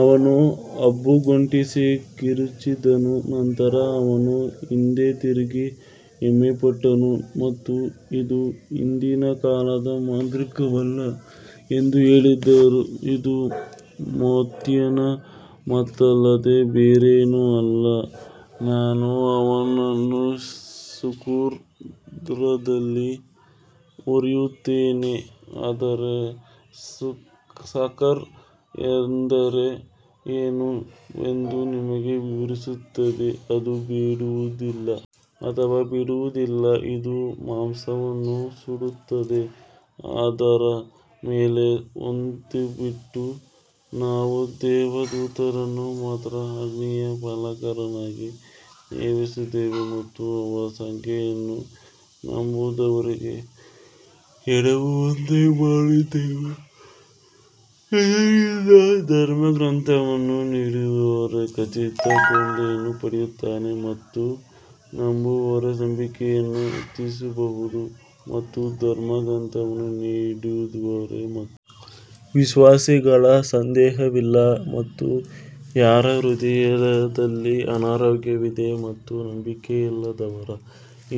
ಅವನು ಹುಬ್ಬುಗಂಟಿಸಿ ಕಿರುಚಿದನು ನಂತರ ಅವನು ಹಿಂದೆ ತಿರುಗಿ ಹೆಮ್ಮೆಪಟ್ಟನು ಮತ್ತು ಇದು ಹಿಂದಿನ ಕಾಲದ ಮಾಂತ್ರಿಕವಲ್ಲ ಎಂದು ಹೇಳಿದರು ಇದು ಮರ್ತ್ಯನ ಮಾತಲ್ಲದೆ ಬೇರೇನೂ ಅಲ್ಲ ನಾನು ಅವನನ್ನು ಸಕರ್ಾರದಲ್ಲಿ ಹುರಿಯುತ್ತೇನೆ ಆದರೆ ಸಕರ್ ಎಂದರೆ ಏನು ಎಂದು ನಿಮಗೆ ವಿವರಿಸುತ್ತದೆ ಅದು ಬಿಡುವುದಿಲ್ಲ ಅಥವಾ ಬಿಡುವುದಿಲ್ಲ ಇದು ಮಾಂಸವನ್ನು ಸುಡುತ್ತದೆ ಅದರ ಮೇಲೆ ಹತ್ತೊಂಬತ್ತು ನಾವು ದೇವದೂತರನ್ನು ಮಾತ್ರ ಅಗ್ನಿಯ ಪಾಲಕರನ್ನಾಗಿ ನೇಮಿಸಿದ್ದೇವೆ ಮತ್ತು ಅವರ ಸಂಖ್ಯೆಯನ್ನು ನಂಬದವರಿಗೆ ಎಡವುವಂತೆ ಮಾಡಿದ್ದೇವೆ, ಇದರಿಂದ ಧರ್ಮಗ್ರಂಥವನ್ನು ನೀಡಿದವರು ಖಚಿತತೆಯನ್ನು ಪಡೆಯುತ್ತಾರೆ ಮತ್ತು ನಂಬುವವರು ನಂಬಿಕೆಯನ್ನು ಹೆಚ್ಚಿಸಬಹುದು ಮತ್ತು ಧರ್ಮಗ್ರಂಥವನ್ನು ನೀಡಿದವರು ಮತ್ತು ವಿಶ್ವಾಸಿಗಳು ಸಂದೇಹವಿಲ್ಲ ಮತ್ತು ಯಾರ ಹೃದಯದಲ್ಲಿ ಅನಾರೋಗ್ಯವಿದೆ ಮತ್ತು ನಂಬಿಕೆಯಿಲ್ಲದವರು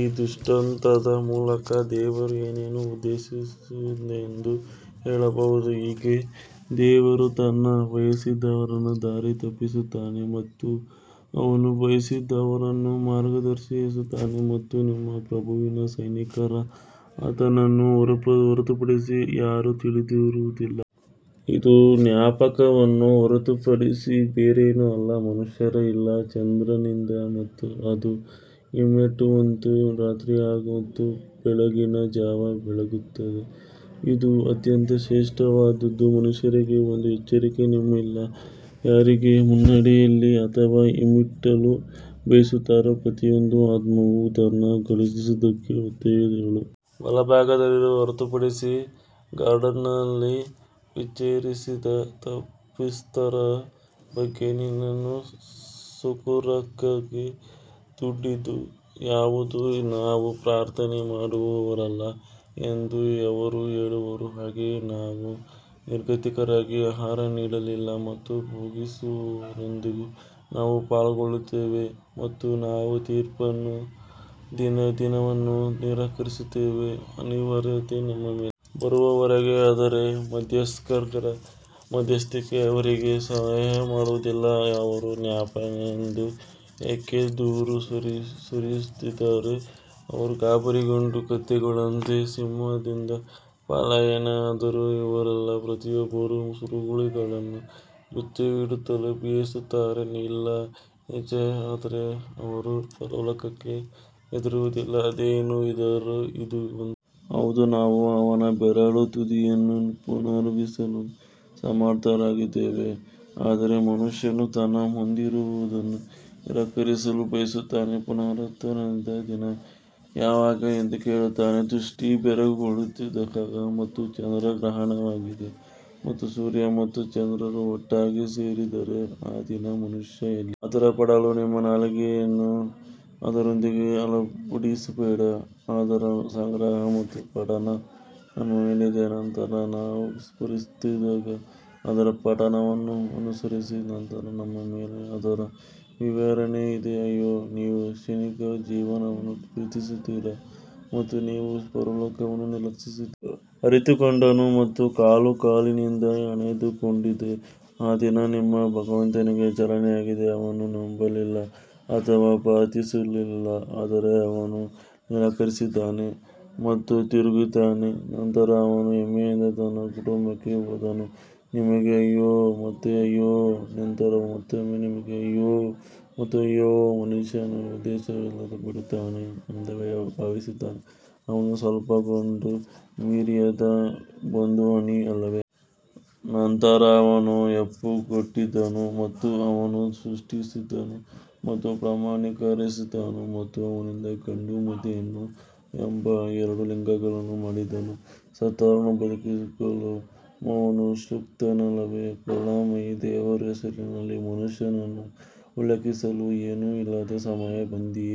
ಈ ದೃಷ್ಟಾಂತದ ಮೂಲಕ ದೇವರು ಏನನ್ನು ಉದ್ದೇಶಿಸಿದ್ದಾನೆಂದು ಹೇಳಬಹುದು ಹೀಗೆ ದೇವರು ತಾನು ಬಯಸಿದವರನ್ನು ದಾರಿ ತಪ್ಪಿಸುತ್ತಾನೆ ಮತ್ತು ಅವನು ಬಯಸಿದವರನ್ನು ಮಾರ್ಗದರ್ಶಿಸುತ್ತಾನೆ ಮತ್ತು ನಿಮ್ಮ ಪ್ರಭುವಿನ ಸೈನಿಕರು ಆತನನ್ನು ಹೊರತುಪಡಿಸಿ ಯಾರೂ ತಿಳಿದಿರುವುದಿಲ್ಲ ಇದು ಜ್ಞಾಪಕವನ್ನು ಹೊರತುಪಡಿಸಿ ಬೇರೇನೂ ಅಲ್ಲ ಮನುಷ್ಯರು ಇಲ್ಲ ಚಂದ್ರನಿಂದ ಮತ್ತು ಅದು ಹಿಮ್ಮೆಟ್ಟುವಂತೆ ರಾತ್ರಿ ಮತ್ತು ಬೆಳಗಿನ ಜಾವ ಬೆಳಗುತ್ತದೆ ಇದು ಅತ್ಯಂತ ಶ್ರೇಷ್ಠವಾದದ್ದು ಮನುಷ್ಯರಿಗೆ ಒಂದು ಎಚ್ಚರಿಕೆ ನಿಮ್ಮಲ್ಲಿ ಯಾರಿಗೆ ಮುನ್ನಡೆಯಲು ಅಥವಾ ಹಿಮ್ಮೆಟ್ಟಲು ಬಯಸುತ್ತಾರೆ ಪ್ರತಿಯೊಂದು ಆತ್ಮವೂ ತಾನು ಗಳಿಸಿದ್ದಕ್ಕೆ ಒತ್ತೆಯಾಳು ಬಲಭಾಗದಲ್ಲಿರುವವರನ್ನು ಹೊರತುಪಡಿಸಿ ಗಾರ್ಡನ್ಸ್ನಲ್ಲಿ ವಿಚಾರಿಸಿದೆ ತಪ್ಪಿತಸ್ಥರ ಬಗ್ಗೆ ನಿನ್ನನ್ನು ಸಕರ್ಾರಕ್ಕೆ ದೂಡಿದ್ದು ಯಾವುದು ನಾವು ಪ್ರಾರ್ಥನೆ ಮಾಡುವವರಲ್ಲ ಎಂದು ಅವರು ಹೇಳುವರು ಹಾಗೆಯೇ ನಾವು ನಿರ್ಗತಿಕರಿಗೆ ಆಹಾರ ನೀಡಲಿಲ್ಲ ಮತ್ತು ಭೋಗಿಸುವವರೊಂದಿಗೆ ನಾವು ಪಾಲ್ಗೊಳ್ಳುತ್ತಿದ್ದೆವು ಮತ್ತು ನಾವು ತೀರ್ಪಿನ ದಿನವನ್ನು ನಿರಾಕರಿಸುತ್ತಿದ್ದೆವು ಅನಿವಾರ್ಯತೆ ನಮ್ಮ ಮೇಲೆ ಬರುವವರೆಗೆ ಆದರೆ ಮಧ್ಯಸ್ಥಗಾರರ ಮಧ್ಯಸ್ಥಿಕೆ ಅವರಿಗೆ ಸಹಾಯ ಮಾಡುವುದಿಲ್ಲ ಅವರು ಜ್ಞಾಪನೆಯಿಂದ ಏಕೆ ದೂರ ಸರಿಯುತ್ತಿದ್ದಾರೆ ಅವರು ಗಾಬರಿಗೊಂಡ ಕತ್ತೆಗಳಂತೆ ಸಿಂಹದಿಂದ ಪಲಾಯನ ಆದರೂ ಅವರಲ್ಲಿ ಪ್ರತಿಯೊಬ್ಬರೂ ಸುರುಳಿಗಳನ್ನು ಬಿಚ್ಚಿಡಲು ಬಯಸುತ್ತಾರೆ ಇಲ್ಲ ನಿಜ ಆದರೆ ಅವರು ಪರಲೋಕಕ್ಕೆ ಹೆದರುವುದಿಲ್ಲ ಅದೇನೇ ಇದ್ದರೂ, ಇದು ಒಂದು ಹೌದು, ನಾವು ಅವನ ಬೆರಳ ತುದಿಯನ್ನು ಪುನರ್ನಿರ್ಮಿಸಲು ಸಮರ್ಥರಾಗಿದ್ದೇವೆ ಆದರೆ ಮನುಷ್ಯನು ತನ್ನ ಮುಂದಿರುವದನ್ನು ನಿರಾಕರಿಸಲು ಬಯಸುತ್ತಾನೆ ಪುನರುತ್ಥಾನದ ದಿನ ಯಾವಾಗ ಎಂದು ಕೇಳುತ್ತಾನೆ ದೃಷ್ಟಿ ಬೆರಗುಗೊಳಿಸಿದಾಗ ಮತ್ತು ಚಂದ್ರ ಗ್ರಹಣವಾಗಿದೆ ಮತ್ತು ಸೂರ್ಯ ಮತ್ತು ಚಂದ್ರರು ಒಟ್ಟಿಗೆ ಸೇರಿದ್ದಾರೆ ಆ ದಿನ ಮನುಷ್ಯ ಎಲ್ಲಿ ಆತುರಪಡಲು ನಿಮ್ಮ ನಾಲಿಗೆಯನ್ನು ಅದರೊಂದಿಗೆ ಅಲ್ಲಾಡಿಸಬೇಡಿ ಅದರ ಸಂಗ್ರಹ ಮತ್ತು ಪಠಣ ನಮ್ಮ ಮೇಲಿದೆ ನಂತರ ನಾವು ಪಠಿಸಿದಾಗ ಅದರ ಪಠಣವನ್ನು ಅನುಸರಿಸಿ ನಂತರ ನಮ್ಮ ಮೇಲೆ ಅದರ ವಿವರಣೆ ಇದೆ ಅಯ್ಯೋ, ನೀವು ಕ್ಷಣಿಕ ಜೀವನವನ್ನು ಪ್ರೀತಿಸುತ್ತೀರಿ ಮತ್ತು ನೀವು ಪರಲೋಕವನ್ನು ನಿರ್ಲಕ್ಷಿಸುತ್ತೀರಿ ಆ ಅರಿತುಕೊಂಡನು ಮತ್ತು ಕಾಲು ಕಾಲಿನಿಂದ ಹೆಣೆದುಕೊಂಡಿದೆ ಆ ದಿನ ನಿಮ್ಮ ಭಗವಂತನಿಗೆ ಚಾಲನೆಯಾಗಿದೆ ಅವನು ನಂಬಲಿಲ್ಲ ಅಥವಾ ಪ್ರಾರ್ಥಿಸಲಿಲ್ಲ ಆದರೆ ಅವನು ನಿರಾಕರಿಸಿದನು ಮತ್ತು ತಿರುಗಿದನು ನಂತರ ಅವನು ಹೆಮ್ಮೆಯಿಂದ ತನ್ನ ಕುಟುಂಬಕ್ಕೆ ಹೋದನು ನಿಮಗೆ ಅಯ್ಯೋ ಮತ್ತು ಅಯ್ಯೋ ನಂತರ ಮತ್ತೊಮ್ಮೆ ನಿಮಗೆ ಅಯ್ಯೋ ಮತ್ತು ಅಯ್ಯೋ ಮನುಷ್ಯನು ಉದ್ದೇಶವಿಲ್ಲದೆ ಬಿಡುತ್ತಾನೆ ಎಂದು ಭಾವಿಸುತ್ತಾನೆ ಅವನು ಸ್ಖಲನಗೊಂಡ ವೀರ್ಯದ ಒಂದು ಹನಿ ಅಲ್ಲವೇ? ನಂತರ ಅವನು ಹೆಪ್ಪುಗಟ್ಟಿದನು ಮತ್ತು ಅವನು ಸೃಷ್ಟಿಸಿದನು ಮತ್ತು ಪ್ರಮಾಣೀಕರಿಸಿದನು ಮತ್ತು ಅವನಿಂದ ಗಂಡು ಮತ್ತು ಹೆಣ್ಣು ಎಂಬ ಎರಡು ಲಿಂಗಗಳನ್ನು ಮಾಡಿದನು ಸತ್ತವರನ್ನು ಬದುಕಿಸಲು ಅವನು ಶಕ್ತನಲ್ಲವೇ ಕರುಣಾಮಯಿ ದೇವರ ಹೆಸರಿನಲ್ಲಿ ಮನುಷ್ಯನನ್ನು ಉಲ್ಲೇಖಿಸಲು ಏನೂ ಇಲ್ಲದ ಸಮಯ ಬಂದಿದೆಯೇ.